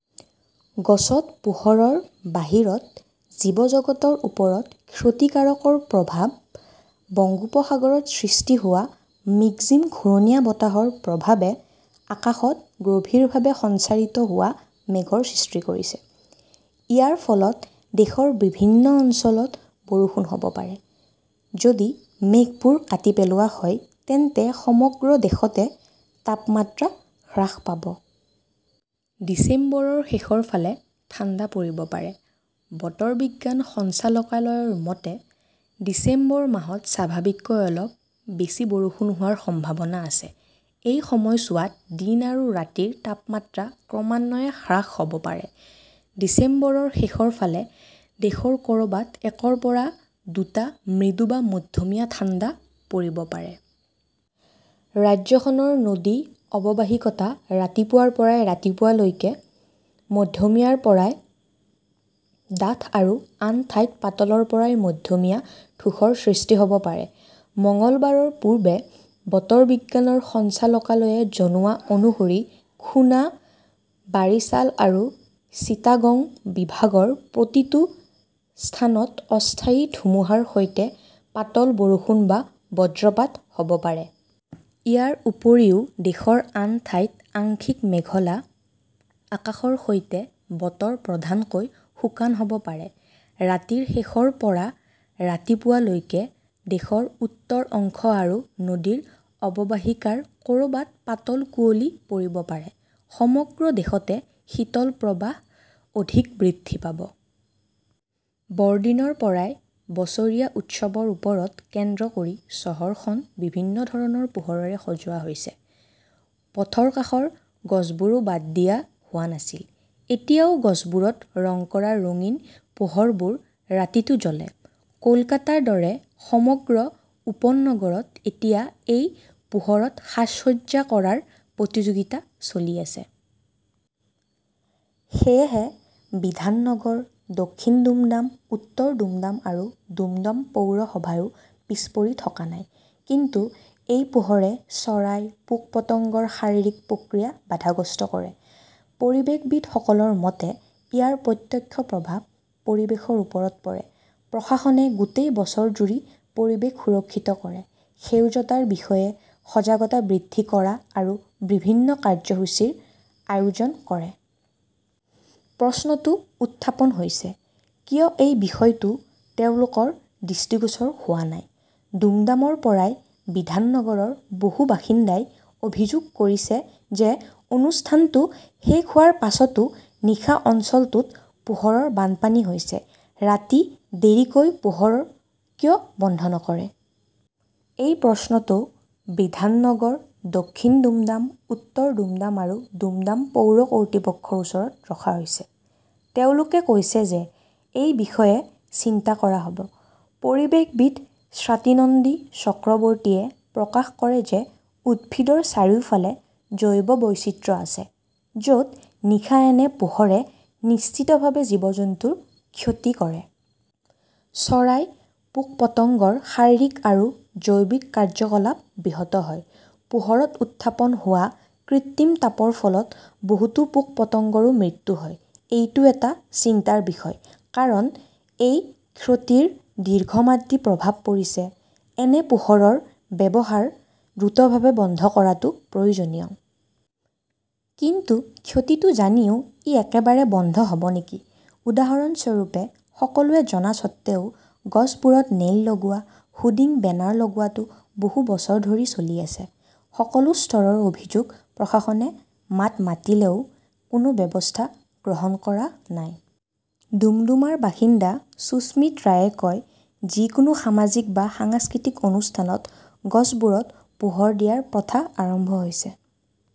গছত পোহৰৰ বাহিৰত জীৱজগতৰ ওপৰত ক্ষতিকাৰক প্ৰভাৱ বংগোপসাগৰত সৃষ্টি হোৱা "মিগজুম" ঘূৰ্ণীবতাহৰ প্ৰভাৱে আকাশত গভীৰভাৱে সঞ্চাৰিত হোৱা মেঘৰ সৃষ্টি কৰিছে। ইয়াৰ ফলত দেশৰ বিভিন্ন অঞ্চলত বৰষুণ হ'ব পাৰে। যদি মেঘবোৰ কাটি পেলোৱা হয়, তেন্তে সমগ্ৰ দেশতে তাপমাত্ৰা হ্ৰাস পাব। ডিচেম্বৰৰ শেষৰ ফালে ঠাণ্ডা পৰিব পাৰে। বতৰ বিজ্ঞান সঞ্চালকালয়ৰ মতে, ডিচেম্বৰ মাহত স্বাভাৱিকতকৈ অলপ বেছি বৰষুণ হোৱাৰ সম্ভাৱনা আছে। এই সময়ছোৱাত দিন আৰু ৰাতিৰ তাপমাত্ৰা ক্ৰমান্বয়ে হ্ৰাস হ'ব পাৰে। ডিচেম্বৰৰ শেষৰ ফালে দেশৰ ক'ৰবাত একৰ পৰা দুটা মৃদু বা মধ্যমীয়া ঠাণ্ডা পৰিব পাৰে। ৰাজ্যখনৰ নদী অৱবাহিকাত ৰাতিপুৱাৰ পৰা ৰাতিপুৱা লৈকে মধ্যমীয়াৰ পৰা ডাঠ আৰু আন ঠাইত পাতলৰ পৰা মধ্যমীয়া ধূসৰ সৃষ্টি হ'ব পাৰে। মঙলবাৰে পূৰ্বে বতৰ বিজ্ঞান সঞ্চালকালয়ে জনোৱা অনুসৰি খুনা, বাৰিছাল আৰু চিটাগং বিভাগৰ প্ৰতিটো স্থানত অস্থায়ী ধুমুহাৰ সৈতে পাতল বৰষুণ বা বজ্ৰপাত হ'ব পাৰে। ইয়াৰ উপৰিও দেশৰ আন ঠাইত আংশিক মেঘলা আকাশৰ সৈতে বতৰ প্ৰধানকৈ শুকান হ 'ব পাৰে। ৰাতিৰ শেষৰ পৰা ৰাতিপুৱা লৈকে দেশৰ উত্তৰ অংশ আৰু নদী অৱবাহিকাৰ ক'ৰবাত পাতল কুঁৱলী পৰিব পাৰে। সমগ্ৰ দেশতে শীতল প্ৰৱাহ অধিক বৃদ্ধি পাব। বৰদিনৰ পৰা বছৰীয়া উৎসৱৰ ওপৰত কেন্দ্ৰ কৰি চহৰখন বিভিন্ন ধৰণৰ পোহৰেৰে সজোৱা হৈছে। পথৰ কাষৰ গছবোৰো বাদ দিয়া হোৱা নাছিল। এতিয়াও গছবোৰত ৰং কৰা ৰঙীন পোহৰবোৰ ৰাতিটো জ্বলে। কলকাতাৰ দৰে সমগ্ৰ উপনগৰত এতিয়া এই পোহৰত সাজ-সজ্জা কৰাৰ প্ৰতিযোগিতা চলি আছে। সেয়েহে বিধাননগৰ, দক্ষিণ দুমডাম, উত্তৰ দুমডাম আৰু দুমডাম পৌৰসভাও পিছ পৰি থকা নাই। কিন্তু এই পোহৰে চৰাই, পোক-পতংগৰ শাৰীৰিক প্ৰক্ৰিয়া বাধাগ্ৰস্ত কৰে। পৰিৱেশবিদসকলৰ মতে, ইয়াৰ প্ৰত্যক্ষ প্ৰভাৱ পৰিৱেশৰ ওপৰত পৰে। প্ৰশাসনে গোটেই বছৰজুৰি পৰিৱেশ সুৰক্ষিত কৰা, সেউজতাৰ বিষয়ে সজাগতা বৃদ্ধি কৰা আৰু বিভিন্ন কাৰ্যসূচীৰ আয়োজন কৰে। প্ৰশ্নটো উত্থাপন হৈছে, কিয় এই বিষয়টো তেওঁলোকৰ দৃষ্টিগোচৰ হোৱা নাই? দুমডামৰ পৰা বিধাননগৰৰ বহু বাসিন্দাই অভিযোগ কৰিছে যে অনুষ্ঠানটো শেষ হোৱাৰ পিছতো নিশা অঞ্চলটোত পোহৰৰ বানপানী হৈছিল। ৰাতি দেৰিকৈ পোহৰ কিয় বন্ধ নকৰে? এই প্ৰশ্নটো বিধাননগৰ, দক্ষিণ দুমডাম, উত্তৰ দুমডাম আৰু দুমডাম পৌৰ কৰ্তৃপক্ষৰ ওচৰত ৰখা হৈছিল। তেওঁলোকে কৈছিল যে এই বিষয়ে চিন্তা কৰা হ'ব। পৰিৱেশবিদ স্বাতী নন্দী চক্ৰৱৰ্তীয়ে প্ৰকাশ কৰে যে উদ্ভিদৰ চাৰিওফালে জৈৱ বৈচিত্ৰ্য আছে, য'ত নিশা এনে পোহৰে নিশ্চিতভাৱে জীৱ-জন্তুৰ ক্ষতি কৰে। চৰাই, পোক-পতংগৰ শাৰীৰিক আৰু জৈৱিক কাৰ্যকলাপ ব্যাহত হয়। পোহৰত উৎপন্ন হোৱা কৃত্ৰিম তাপৰ ফলত বহুতো পোক-পতংগৰো মৃত্যু হয়। এইটো এটা চিন্তাৰ বিষয়। কাৰণ, এই ক্ষতিৰ দীৰ্ঘম্যাদী প্ৰভাৱ পৰিছে। এনে পোহৰৰ ব্যৱহাৰ দ্ৰুতভাৱে বন্ধ কৰাটো প্ৰয়োজনীয়। কিন্তু ক্ষতিটো জানিও ই একেবাৰে বন্ধ হ'ব নেকি? উদাহৰণস্বৰূপে, সকলোৱে জনা স্বত্বেও, গছবোৰত নেইল লগোৱা হোৰ্ডিং-বেনাৰ লগোৱাটো বহু বছৰ ধৰি চলি আছে। সকলো স্তৰৰ অভিযোগ, প্ৰশাসনে মাত মাতিলেও কোনো ব্যৱস্থা গ্ৰহণ কৰা নাই। দুমডামৰ বাসিন্দা সুস্মিত ৰায়ে কয়, যিকোনো সামাজিক বা সাংস্কৃতিক অনুষ্ঠানত গছবোৰত পোহৰ দিয়াৰ প্ৰথা আৰম্ভ হৈছে